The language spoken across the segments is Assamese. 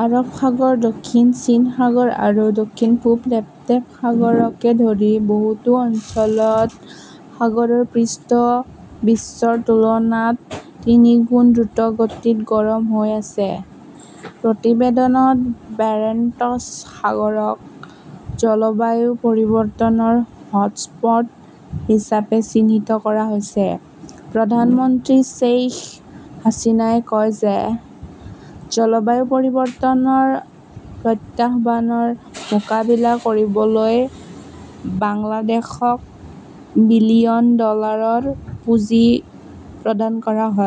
আৰৱ সাগৰ, দক্ষিণ চীন সাগৰ আৰু দক্ষিণ-পূব লেপ্টেভ সাগৰকে ধৰি বহুতো অঞ্চলত সাগৰৰ পৃষ্ঠ, বিশ্বৰ তুলনাত তিনিগুণ দ্ৰুতগতিত গৰম হৈ আছে। প্ৰতিবেদনত বেৰেণ্টছ সাগৰক 'জলবায়ু পৰিৱৰ্তনৰ হটস্পট হিচাপে চিহ্নিত কৰা হৈছে। প্ৰধানমন্ত্ৰী শ্বেইখ হাছিনাই কয় যে জলবায়ু পৰিৱৰ্তনৰ প্ৰত্যাহ্বানৰ মোকাবিলা কৰিবলৈ বাংলাদেশক বিলিয়ন ডলাৰৰ পুঁজি প্ৰদান কৰা হ'ব।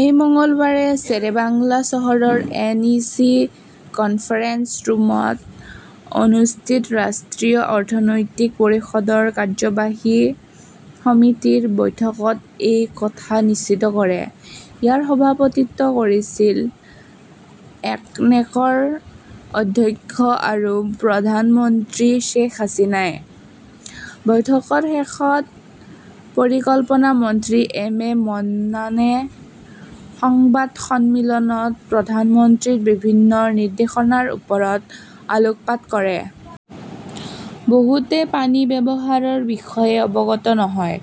ঐই মংগলবাৰে শ্বেৰেবাংলা চহৰৰ এন ই চি কনফাৰেন্স ৰুমত অনুষ্ঠিত ৰাষ্ট্ৰীয় অৰ্থনৈতিক পৰিষদৰ কাৰ্যবাহী সমিতিৰ বৈঠকত এই কথা নিশ্চিত কৰে। ইয়াৰ সভাপতিত্ব কৰিছিল একনেকৰ অধ্যক্ষ আৰু প্ৰধানমন্ত্ৰী শ্বেখ হাছিনাই। বৈঠকৰ শেষত পৰিকল্পনা মন্ত্ৰী এম এ মন্নানে সংবাদ সন্মিলনত প্ৰধানমন্ত্ৰীৰ বিভিন্ন নিৰ্দেশনাৰ ওপৰত আলোকপাত কৰে। বহুতে পানী ব্যৱহাৰৰ বিষয়ে অৱগত নহয়।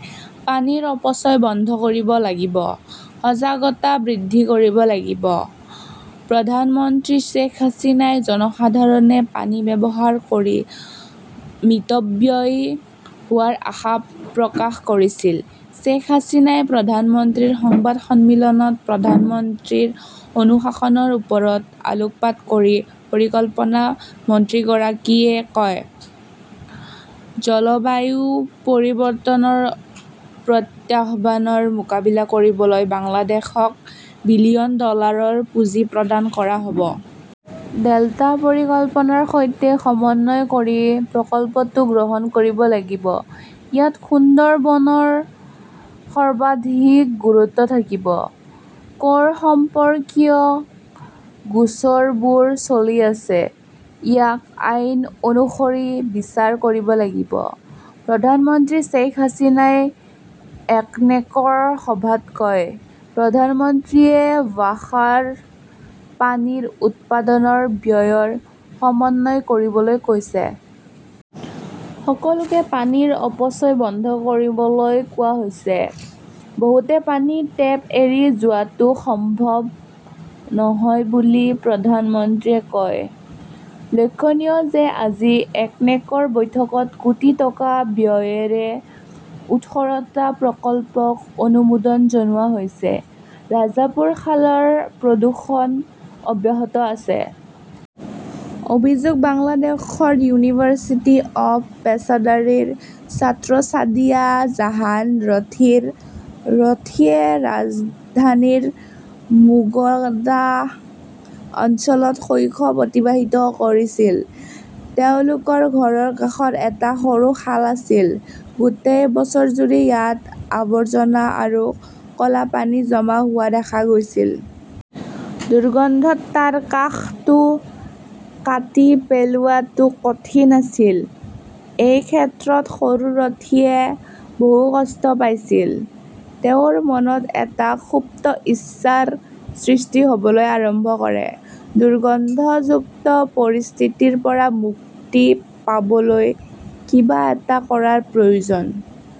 পানীৰ অপচয় বন্ধ কৰিব লাগিব। সজাগতা বৃদ্ধি কৰিব লাগিব। প্ৰধানমন্ত্ৰী শ্বেখ হাছিনাই জনসাধাৰণে পানী ব্যৱহাৰ কৰি মিতব্যয়ী হোৱাৰ আশা প্ৰকাশ কৰিছিল। শ্বেখ হাছিনাই প্ৰধানমন্ত্ৰীৰ সংবাদ সন্মিলনত প্ৰধানমন্ত্ৰীৰ অনুশাসনৰ ওপৰত আলোকপাত কৰি পৰিকল্পনা মন্ত্ৰীগৰাকীয়ে কয়, জলবায়ু পৰিৱৰ্তনৰ প্ৰত্যাহ্বানৰ মোকাবিলা কৰিবলৈ বাংলাদেশক বিলিয়ন ডলাৰৰ পুঁজি প্ৰদান কৰা হ'ব। ডেল্টা পৰিকল্পনাৰ সৈতে সমন্বয় কৰি প্ৰকল্পটো গ্ৰহণ কৰিব লাগিব। ইয়াত সুন্দৰবনৰ সৰ্বাধিক গুৰুত্ব থাকিব। কৰ সম্পৰ্কীয় গোচৰবোৰ চলি আছে, ইয়াক আইন অনুসৰি বিচাৰ কৰিব লাগিব। প্ৰধানমন্ত্ৰী শ্বেইখ হাছিনাই একনেকৰ সভাত কয়," প্ৰধানমন্ত্ৰীয়ে ৱাসাৰ পানীৰ উৎপাদনৰ ব্যয়ৰ সমন্বয় কৰিবলৈ কৈছে। সকলোকে পানীৰ অপচয় বন্ধ কৰিবলৈ কোৱা হৈছে। বহুতে পানীৰ টেপ এৰি যোৱাটো সম্ভৱ নহয় বুলি প্ৰধানমন্ত্ৰীয়ে কয়। লক্ষ্যণীয় যে, আজি একনেকৰ বৈঠকত কোটি টকা ব্যয়েৰে উঠৰটা প্ৰকল্পক অনুমোদন জনোৱা হৈছে। ৰাজাপুৰ খালৰ প্ৰদূষণ অব্যাহত আছে। অভিযোগ বাংলাদেশৰ ইউনিভাৰ্চিটি অৱ পেচাদাৰীৰ ছাত্ৰ ছাদিয়া জাহান ৰথীৰ। ৰথীয়ে ৰাজধানীৰ মুগদা অঞ্চলত শৈশৱ অতিবাহিত কৰিছিল। তেওঁলোকৰ ঘৰৰ কাষত এটা সৰু খাল আছিল। গোটেই বছৰজুৰি ইয়াত আৱৰ্জনা আৰু ক'লা পানী জমা হোৱা দেখা গৈছিল। দুৰ্গন্ধত তাৰ কাষটো কাটি পেলোৱাটো কঠিন আছিল। এই ক্ষেত্ৰত সৰু ৰথীয়ে বহু কষ্ট পাইছিল। তেওঁৰ মনত এটা সুপ্ত ইচ্ছাৰ সৃষ্টি হ'বলৈ আৰম্ভ কৰে, দুৰ্গন্ধযুক্ত পৰিস্থিতিৰ পৰা মুক্তি পাবলৈ কিবা এটা কৰাৰ প্ৰয়োজন।